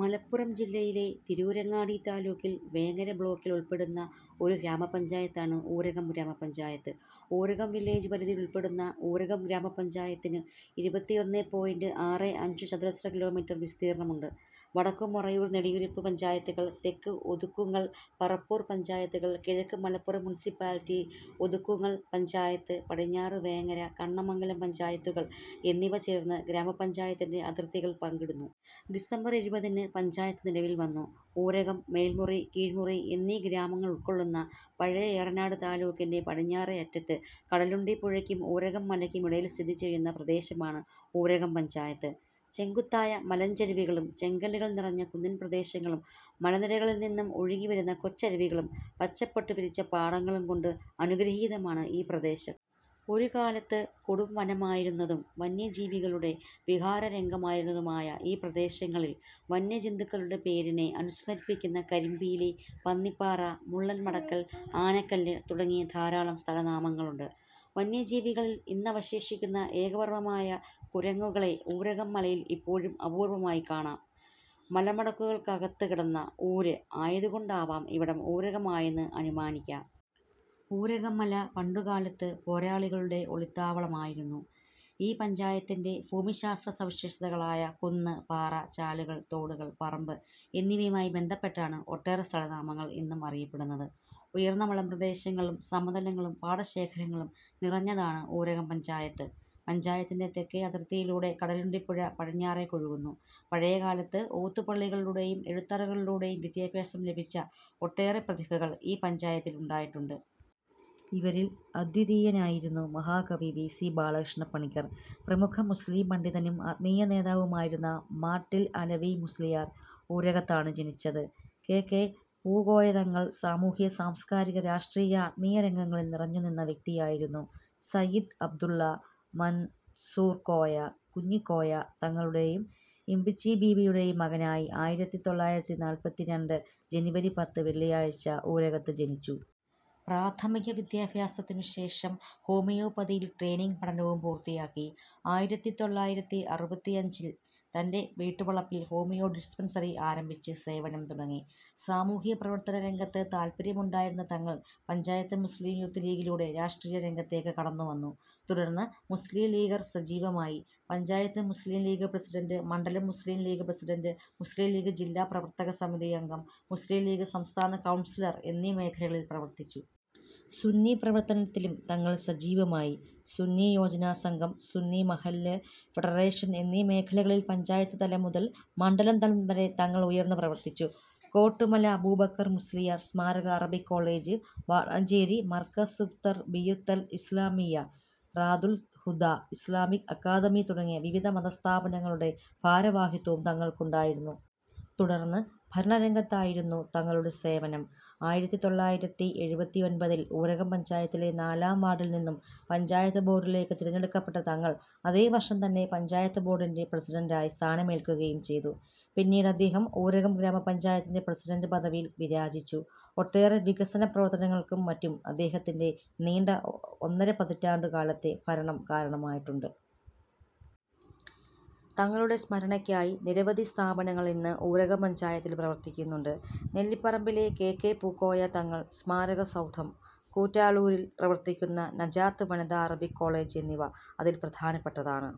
മലപ്പുറം ജില്ലയിലെ തിരൂരങ്ങാടി താലൂക്കിൽ വേങ്ങര ബ്ലോക്കിൽ ഉൾപ്പെടുന്ന ഒരു ഗ്രാമപഞ്ചായത്താണു ഊരകം ഗ്രാമപഞ്ചായത്ത്. ഊരകം വില്ലേജുപരിധിയിലുൾപ്പെടുന്ന ഊരകം ഗ്രാമപഞ്ചായത്തിനു ഇരുപത്തിഒന്നേ പോയിന്റ് ആറേ അഞ്ച് ചതുരശ്രകിലോമീറ്റർ വിസ്തീർണ്ണമുണ്ട്. വടക്ക് മൊറയൂർ, നെടിയിരുപ്പ് പഞ്ചായത്തുകൾ, തെക്ക് ഒതുക്കുങ്ങൾ, പറപ്പൂർ പഞ്ചായത്തുകൾ, കിഴക്ക് മലപ്പുറം മുനിസിപ്പാലിറ്റി, ഒതുക്കുങ്ങൾ പഞ്ചായത്ത് പടിഞ്ഞാറ് വേങ്ങര, കണ്ണമംഗലം പഞ്ചായത്തുകൾ എന്നിവ ചേർന്ന് ഗ്രാമ പഞ്ചായത്തിന്റെ അതിർത്തികൾ പങ്കിടുന്നു. ഡിസംബർ ഇരുപതിന് പഞ്ചായത്ത് നിലവിൽ വന്നു. ഊരകം, മേൽമുറി, കീഴ്മുറി എന്നീ ഗ്രാമങ്ങളുൾകൊള്ളുന്ന പഴയ ഏറനാട് താലൂക്കിന്റെ പടിഞ്ഞാറേയറ്റത്ത് കടലുണ്ടിപുഴയ്ക്കും ഊരകം മലയ്ക്കും ഇടയിൽ സ്ഥിതി ചെയ്യുന്ന പ്രദേശമാണ് ഊരകം പഞ്ചായത്ത്. ചെങ്കുത്തായ മലഞ്ചരിവുകളും, ചെങ്കല്ലുകൾ നിറഞ്ഞ കുന്നിൻപ്രദേശങ്ങളും, മലനിരകളിൽ നിന്നും ഒഴുകിവരുന്ന കൊച്ചരുവികളും, പച്ചപ്പട്ടു വിരിച്ച പാടങ്ങളും കൊണ്ടനുഗ്രഹീതമാണ് ഈ പ്രദേശം. ഒരുകാലത്ത് കൊടുംവനമായിരുന്നതും വന്യജീവികളുടെ വിഹാരരംഗമായിരുന്നതുമായ ഈ പ്രദേശങ്ങളിൽ വന്യജന്തുക്കളുടെ പേരിനെ അനുസ്മരിപ്പിക്കുന്ന കരിമ്പീലി, പന്നിപ്പാറ, മുള്ളൻ മടക്കൽ, ആനക്കല്ല് തുടങ്ങിയ ധാരാളം സ്ഥലനാമങ്ങളുണ്ട്. വന്യജീവികളിൽ ഇന്നവശേഷിക്കുന്ന ഏകവർഗ്ഗമായ കുരങ്ങുകളെ ഊരകം മലയിൽ ഇപ്പോഴും അപൂർവ്വമായി കാണാം. "മലമടക്കുകൾക്കകത്ത് കിടന്ന ഊര്" ആയതുകൊണ്ടാവാം ഇവിടം "ഊരകം" ആയതെന്ന് അനുമാനിക്കാം. ഊരകംമല പണ്ടുകാലത്ത് പോരാളികളുടെ ഒളിത്താവളമായിരുന്നു. ഈ പഞ്ചായത്തിന്റെ ഭൂമിശാസ്ത്രസവിശേഷതകളായ കുന്ന്, പാറ, ചാലുകൾ, തോടുകൾ, പറമ്പ് എന്നിവയുമായി ബന്ധപ്പെട്ടാണ് ഒട്ടേറെ സ്ഥലനാമങ്ങൾ ഇന്നും അറിയപ്പെടുന്നത്. ഉയർന്ന മലമ്പ്രദേശങ്ങളും, സമതലങ്ങളും, പാടശേഖരങ്ങളും നിറഞ്ഞതാണ് ഊരകം പഞ്ചായത്ത്. പഞ്ചായത്തിന്റെ തെക്കേയതിർത്തിയിലൂടെ കടലുണ്ടിപ്പുഴ പടിഞ്ഞാറേക്കൊഴുകുന്നു. പഴയ കാലത്ത് ഓത്തുപള്ളികളിലൂടെയും എഴുത്തുതറകളിലൂടെയും വിദ്യാഭ്യാസം ലഭിച്ച ഒട്ടേറെ പ്രതിഭകൾ ഈ പഞ്ചായത്തിൽ ഉണ്ടായിട്ടുണ്ട്. ഇവരിൽ അദ്വിതീയനായിരുന്നു മഹാകവി വി. സി. ബാലകൃഷ്ണപ്പണിക്കർ. പ്രമുഖ മുസ്ലീം പണ്ഡിതനും ആത്മീയനേതാവുമായിരുന്ന മാട്ടിൽ അലവി മുസ്ളിയാർ ഊരകത്താണ് ജനിച്ചത്. കെ. കെ. പൂകോയതങ്ങൾ സാമൂഹ്യ സാംസ്കാരിക രാഷ്ട്രീയ ആത്മീയ രംഗങ്ങളിൽ നിറഞ്ഞു നിന്ന വ്യക്തിയായിരുന്നു സയ്യിദ് അബ്ദുള്ള മൻസൂർക്കോയ കുഞ്ഞിക്കോയ തങ്ങളുടെയും ഇംബിച്ചിബീവിയുടെയും മകനായി ആയിരത്തിതൊള്ളായിരത്തിനാല്പത്തിരണ്ട്‍ ജനുവരി പത്ത് വെള്ളിയാഴ്ച ഊരകത്ത് ജനിച്ചു. പ്രാഥമിക വിദ്യഭ്യാസത്തിനുശേഷം ഹോമിയോ പതിയിൽ ട്രെയ്നിങ് പഠനവും പൂർത്തിയാക്കി. ആയിരത്തിത്തൊള്ളായിരത്തിഅറുപത്തിഅഞ്ചിൽ തന്റെ വീട്ടുവളപ്പിൽ ഹോമിയോ ഡിസ്പെൻസറി ആരംഭിച്ച് സേവനം തുടങ്ങി. സാമൂഹ്യപ്രവർത്തനരംഗത്ത് താൽപര്യമുണ്ടായിരുന്ന തങ്ങൾ പഞ്ചായത്ത് മുസ്ലിം യൂത്ത് ലീഗിലൂടെ രാഷ്ട്രീയ രംഗത്തേക്ക് കടന്നുവന്നു. തുടർന്ന് മുസ്ലിം ലീഗിൽ സജീവമായി. പഞ്ചായത്ത് മുസ്ലിം ലീഗ് പ്രസിഡണ്ട്, മണ്ഡലം മുസ്ലിം ലീഗ് പ്രസിഡണ്ട്, മുസ്ലിം ലീഗ് ജില്ലാ പ്രവർത്തക സമിതി അംഗം, മുസ്ലിം ലീഗ് സംസ്ഥാന കൗൺസിലർ എന്നീ മേഖലകളിൽ പ്രവർത്തിച്ചു. സുന്നി പ്രവർത്തനത്തിലും തങ്ങൾ സജീവമായി. സുന്നി യോജന സംഘം, സുന്നി മഹല്ല് ഫെഡറേഷൻ എന്നീ മേഖലകളിൽ പഞ്ചായത്ത് തലം മുതൽ മണ്ഡലം തലം വരെ തങ്ങൾ ഉയർന്ന് പ്രവർത്തിച്ചു. കോട്ടുമല അബൂബക്കർ മുസ്ലിയാർ സമാരക Arabic College, Valanchery Markazuttarbiyyathul Islamiyya, Darul Huda Islamic Academy തുടങ്ങി വിവിധ മതസ്ഥാപനങ്ങളുടെ ഭാരവാഹിത്വവും തങ്ങൾക്കുണ്ടായിരുന്നു. തുടർന്ന് ഭരണരംഗത്തായിരുന്നു തങ്ങളുടെ സേവനം. ആയിരത്തിതൊള്ളായിരത്തിഎഴുത്തിഒമ്പതിൽ ഊരകം പഞ്ചായത്തിലെ നാലാം വാർഡിൽ നിന്നും പഞ്ചായത്ത് ബോർഡിലേക്ക് തിരഞ്ഞെടുക്കപ്പെട്ട തങ്ങൾ അതേ വർഷം തന്നെ പഞ്ചായത്ത് ബോർഡിന്റെ പ്രസിഡണ്ടായി സ്ഥാനമേൽക്കുകയും ചെയ്തു. പിന്നീട് അദ്ദേഹം ഊരകം ഗ്രാമ പഞ്ചായത്തിന്റെ പ്രസിഡണ്ട് പദവിയിൽ വിരാജിച്ചു. ഒട്ടേറെ വികസന പ്രവർത്തനങ്ങൾക്കും മറ്റും അദ്ദേഹത്തിന്റെ നീണ്ട ഒന്നരപതിറ്റാണ്ടുകാലത്തെ ഭരണം കാരണമായിട്ടുണ്ട്. തങ്ങളുടെ സ്മരണക്കായി നിരവധി സ്ഥാപനങ്ങൾ ഇന്ന് ഊരകം പഞ്ചായത്തിൽ പ്രവർത്തിക്കുന്നുണ്ട്. നെല്ലിപ്പറമ്പിലെ കെ. കെ. പൂക്കോയ തങ്ങൾ സ്മാരക സൗധം, കുറ്റാളൂരിൽ പ്രവർത്തിക്കുന്ന നജാത്ത് വനിത അറബിക് കോളേജ് എന്നിവ അതിൽ പ്രധാനപ്പെട്ടതാണ്.